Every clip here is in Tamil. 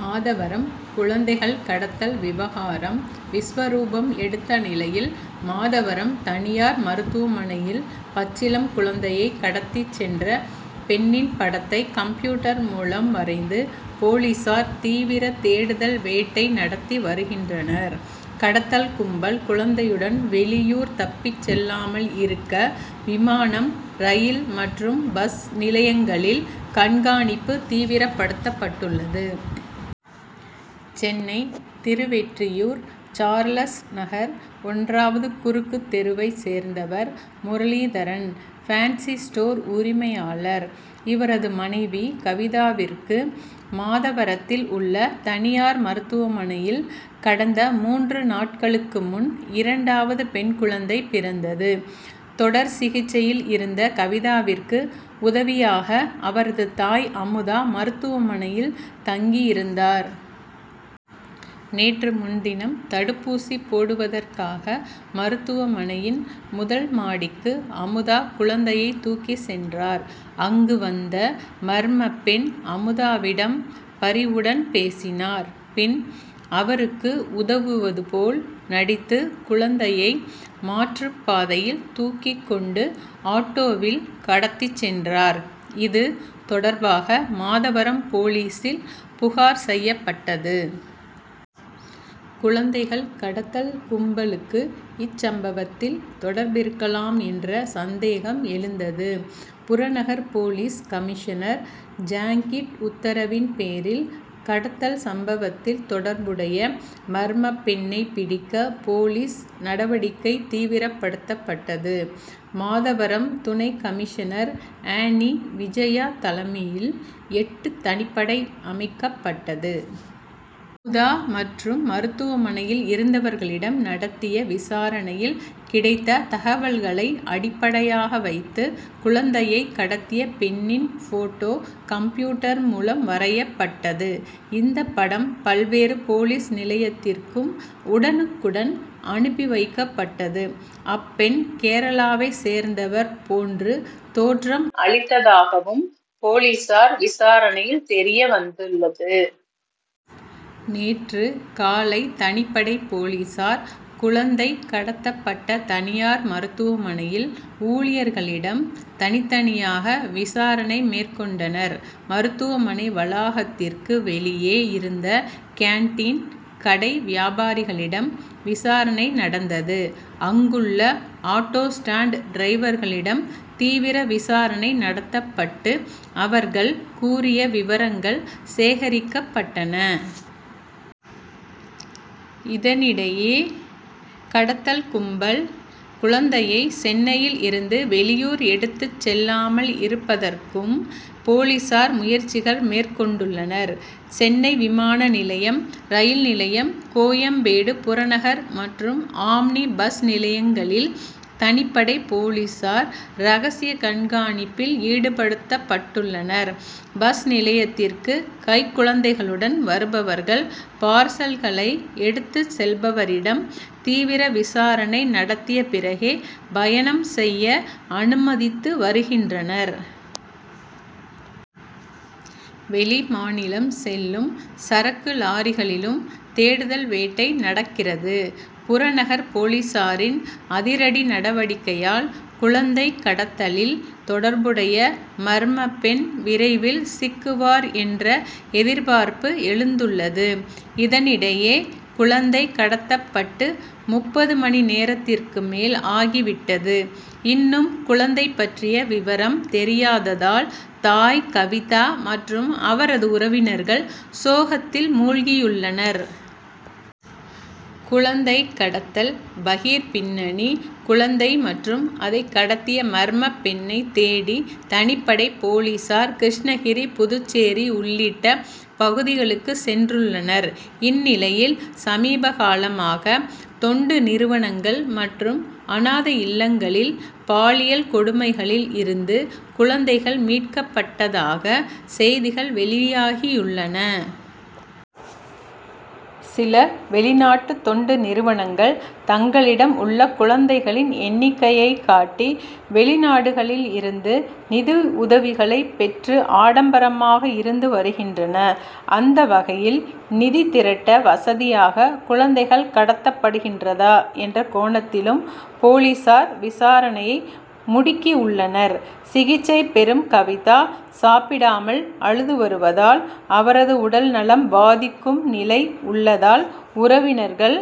மாதவரம் குழந்தைகள் கடத்தல் விவகாரம் விஸ்வரூபம் எடுத்த நிலையில், மாதவரம் தனியார் மருத்துவமனையில் பச்சிளம் குழந் தையை கடத்திச் சென்ற பெண்ணின் படத்தை கம்ப்யூட்டர் மூலம் வரைந்து, போலீசார் தீவிர தேடுதல் வேட்டை நடத்தி வருகின்றனர். கடத்தல் கும்பல், குழந்தையுடன் வெளியூர் தப்பிச் செல்லாமல் இருக்க, விமானம், ரயில் மற்றும் பஸ் நிலையங்களில் கண்காணிப்பு தீவிரப்படுத்தப்பட்டுள்ளது. சென்னை திருவொற்றியூர் சார்லஸ் நகர் ஒன்றாவது குறுக்கு தெருவைச் சேர்ந்தவர் முரளிதரன் பேன்சி ஸ்டோர் உரிமையாளர். இவரது மனைவி கவிதாவிற்கு, மாதவரத்தில் உள்ள தனியார் மருத்துவமனையில் கடந்த மூன்று நாட்களுக்கு முன், இரண்டாவது பெண் குழந்தை பிறந்தது. தொடர் சிகிச்சையில் இருந்த கவிதாவிற்கு உதவியாக அவரது தாய் அமுதா மருத்துவமனையில் தங்கி இருந்தார். நேற்று முன்தினம் தடுப்பூசி போடுவதற்காக மருத்துவமனையின் முதல் மாடிக்கு அமுதா குழந்தையை தூக்கிச் சென்றார். அங்கு வந்த மர்மப் பெண், அமுதாவிடம் பரிவுடன் பேசினார். பின் அவருக்கு உதவுவது போல் நடித்து குழந் தையை மாற்றுப் பாதையில் தூக்கிக் கொண்டு ஆட்டோவில் கடத்திச் சென்றார். இது தொடர்பாக மாதவரம் போலீசில் புகார் செய்யப்பட்டது. குழந்தைகள் கடத்தல் கும்பலுக்கு இச்சம்பவத்தில் தொடர்பிருக்கலாம் என்ற சந்தேகம் எழுந்தது. புறநகர் போலீஸ் கமிஷனர் ஜாங்கிட் உத்தரவின் பேரில், கடத்தல் சம்பவத்தில் தொடர்புடைய மர்மப் பெண்ணை பிடிக்க போலீஸ் நடவடிக்கை தீவிரப்படுத்தப்பட்டது. மாதவரம் துணை கமிஷனர் ஆனி விஜயா தலைமையில் எட்டு தனிப்படை அமைக் கப்பட்டது. அமுதா மற்றும் மருத்துவமனையில் இருந்தவர்களிடம் நடத்திய விசாரணையில் கிடைத்த தகவல்களை அடிப்படையாக வைத்து, குழந்தையை கடத்திய பெண்ணின் போட்டோ கம்ப்யூட்டர் மூலம் வரையப்பட்டது. இந்த படம் பல்வேறு போலீஸ் நிலையத்திற்கும் உடனுக்குடன் அனுப்பி வைக்கப்பட்டது. அப்பெண் கேரளாவைச் சேர்ந்தவர் போன்று தோற்றம் அளித்ததாகவும் போலீசார் விசாரணையில் தெரியவந்துள்ளது. நேற்று காலை தனிப்படை போலீசார், குழந்தை கடத்தப் பட்ட தனியார் மருத்துவமனையில், ஊழியர்களிடம் தனித்தனியாக விசாரணை மேற்கொண்டனர். மருத்துவமனை வளாகத்திற்கு வெளியே இருந்த கேன்டீன், கடை வியாபாரிகளிடம் விசாரணை நடந்தது. அங்குள்ள ஆட்டோ ஸ்டாண்ட் டிரைவர்களிடம் தீவிர விசாரணை நடத்தப்பட்டு, அவர்கள் கூறிய விவரங்கள் சேகரிக்கப்பட்டன. இதனிடையே கடத்தல் கும்பல், குழந்தையை சென்னையில் இருந்து வெளியூர் எடுத்துச் செல்லாமல் இருப்பதற்கும் போலீசார் முயற்சிகள் மேற் கொண்டுள்ளனர். சென்னை விமான நிலையம், ரயில் நிலையம், கோயம்பேடு புறநகர் மற்றும் ஆம்னி பஸ் நிலையங்களில் தனிப்படை போலீசார் ரகசிய கண்காணிப்பில் ஈடுபடுத்தப் பட்டுள்ளனர். பஸ் நிலையத்திற்கு கைக்குழந்தைகளுடன் வருபவர்கள், பார்சல்களை எடுத்துச் செல்பவரிடம் தீவிர விசாரணை நடத்திய பிறகே பயணம் செய்ய அனுமதித்து வருகின்றனர். வெளிமாநிலம் செல் லும் சரக்கு லாரிகளிலும் தேடுதல் வேட்டை நடக்கிறது. புறநகர் போலீசாரின் அதிரடி நடவடிக்கையால், குழந்தை கடத்தலில் தொடர்புடைய மர்மப் பெண் விரைவில் சிக்குவார் என்ற எதிர்பார்ப்பு எழுந் துள்ளது. இதனிடையே, குழந்தை கடத்தப்பட்டு முப்பது மணி நேரத்திற்கு மேல் ஆகிவிட்டது. இன்னும் குழந்தை பற்றிய விவரம் தெரியாததால், தாய் கவிதா மற்றும் அவரது உறவினர்கள் சோகத்தில் மூழ்கியுள் ளனர். குழந்தை கடத்தல் பகீர் பின்னணி குழந்தை மற்றும் அதை கடத்திய மர்மப் பெண்ணைத் தேடி தனிப்படை போலீசார், கிருஷ்ணகிரி, புதுச்சேரி உள்ளிட்ட பகுதிகளுக்கு சென்றுள்ளனர். இந்நிலையில், சமீப காலமாக தொண்டு நிறுவனங்கள் மற்றும் அனாதை இல்லங்களில் பாலியல் கொடுமைகளில் இருந்து குழந்தைகள் மீட்கப்பட்டதாக செய்திகள் வெளியாகியுள்ளன. சில வெளிநாட்டு தொண்டு நிறுவனங்கள் தங்களிடம் உள்ள குழந்தைகளின் எண்ணிக்கையை காட்டி, வெளிநாடுகளில் இருந்து நிதி உதவிகளை பெற்று ஆடம்பரமாக இருந்து வருகின்றன. அந்த வகையில் நிதி திரட்ட வசதியாக குழந்தைகள் கடத்தப்படுகிறதா என்ற கோணத்திலும் போலீசார் விசாரணையை முடுக்கி உள்ளனர். சிகிச்சை பெறும் கவிதா சாப்பிடாமல் அழுது வருவதால், அவரது உடல் நலம் பாதிக்கும் நிலை உள்ளதால் உறவினர்கள்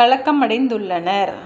கலக்கமடைந்துள்ளனர்.